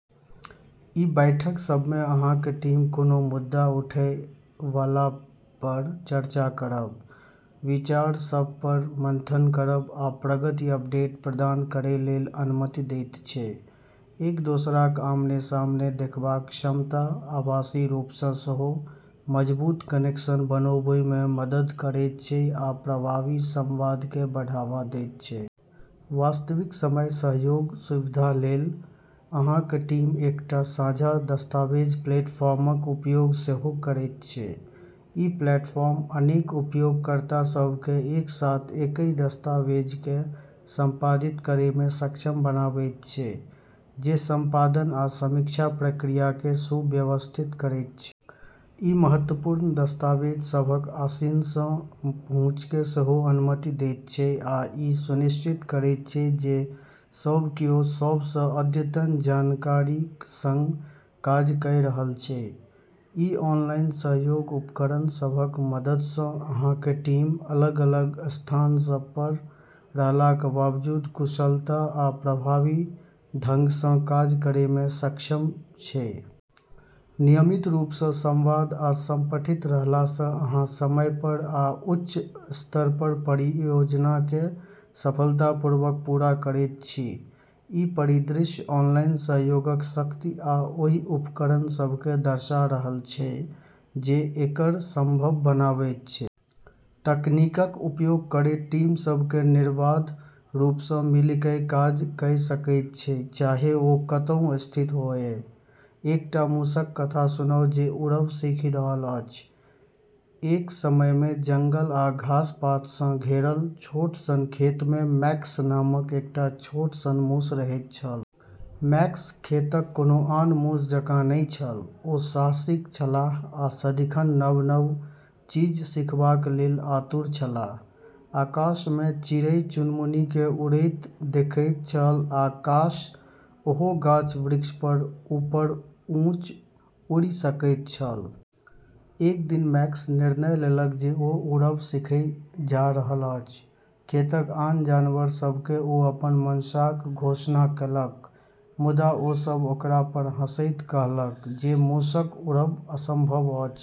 ई बैठक सभमे अहाँक टीम कोनो मुद्दा उठैवालापर चर्चा करब, विचार सभपर मंथन करब, आ प्रगतिक अपडेट प्रदान करै लेल अनुमति दैत छै। एक दोसराक आमने-सामने देखबाक क्षमता, आभासी रूपसँ सेहो, मजबूत कनेक्शन बनाबैमे मदद करैत छै आ प्रभावी संवादकेँ बढ़ावा दैत छै। वास्तविक समय सहयोगक सुविधा लेल, अहाँक टीम एकटा साझा दस्तावेज प्लेटफॉर्मक उपयोग सेहो करैत छै। ई प्लेटफॉर्म अनेक उपयोगकर्ता सभकेँ एक साथ एकही दस्तावेजकेँ संपादित करैमे सक्षम बनाबैत छै, जे संपादन आ समीक्षा प्रक्रियाकेँ सुव्यवस्थित करैत छै। ई महत्वपूर्ण दस्तावेज सभक आसानीसँ पहुँचकेँ सेहो अनुमति दैत छै आ ई सुनिश्चित करैत छै जे सब कियो सबसँ अद्यतन जानकारीक संग काज कऽ रहल छै। ई ऑनलाइन सहयोग उपकरण सभक मददसँ, अहाँक टीम अलग-अलग स्थान सभपर रहलाक बावजूद, कुशलता आ प्रभावी ढंगसँ काज करैमे सक्षम छै। नियमित रूपसँ संवाद आ संगठित रहलासँ अहाँ समयपर आ उच्च स्तरपर परियोजनाकेँ सफलतापूर्वक पूरा करैत छी। ई परिदृश्य ऑनलाइन सहयोगक शक्ति आ ओहि उपकरण सभकेँ दर्शा रहल छै जे एकरा संभव बनाबैत छै। तकनीकक उपयोग करैत टीम सभकेँ निर्बाध रूपसँ मिलि कऽ काज कऽ सकैत छै, चाहे ओ कतहु स्थित होअए। एकटा मूसक कथा सुनाउ जे उड़ब सीखि रहल अछि। एक समयमे जंगल आ घास-पातसँ घेरल छोट सन खेतमे मैक्स नामक एकटा छोट सन मूस रहैत छल। मैक्स खेतक कोनो आन मूस जकाँ नहि छल; ओ साहसिक छलाह आ सदिखन नव-नव चीज सीखबाक लेल आतुर छलाह। आकाशमे चिड़ै-चुनमुनीकेँ उड़ैत देखैत छल आ काश, ओहो गाछ-वृक्षक ऊपर ऊँच उड़ि सकैत छल। एक दिन मैक्स निर्णय लेलक जे ओ उड़ब सीखै जा रहल अछि। खेतक आन जानवर सभकेँ ओ अपन मंशाक घोषणा केलक, मुदा ओ सभ ओकरापर हँसैत कहलक जे मूसक उड़ब असंभव अछि।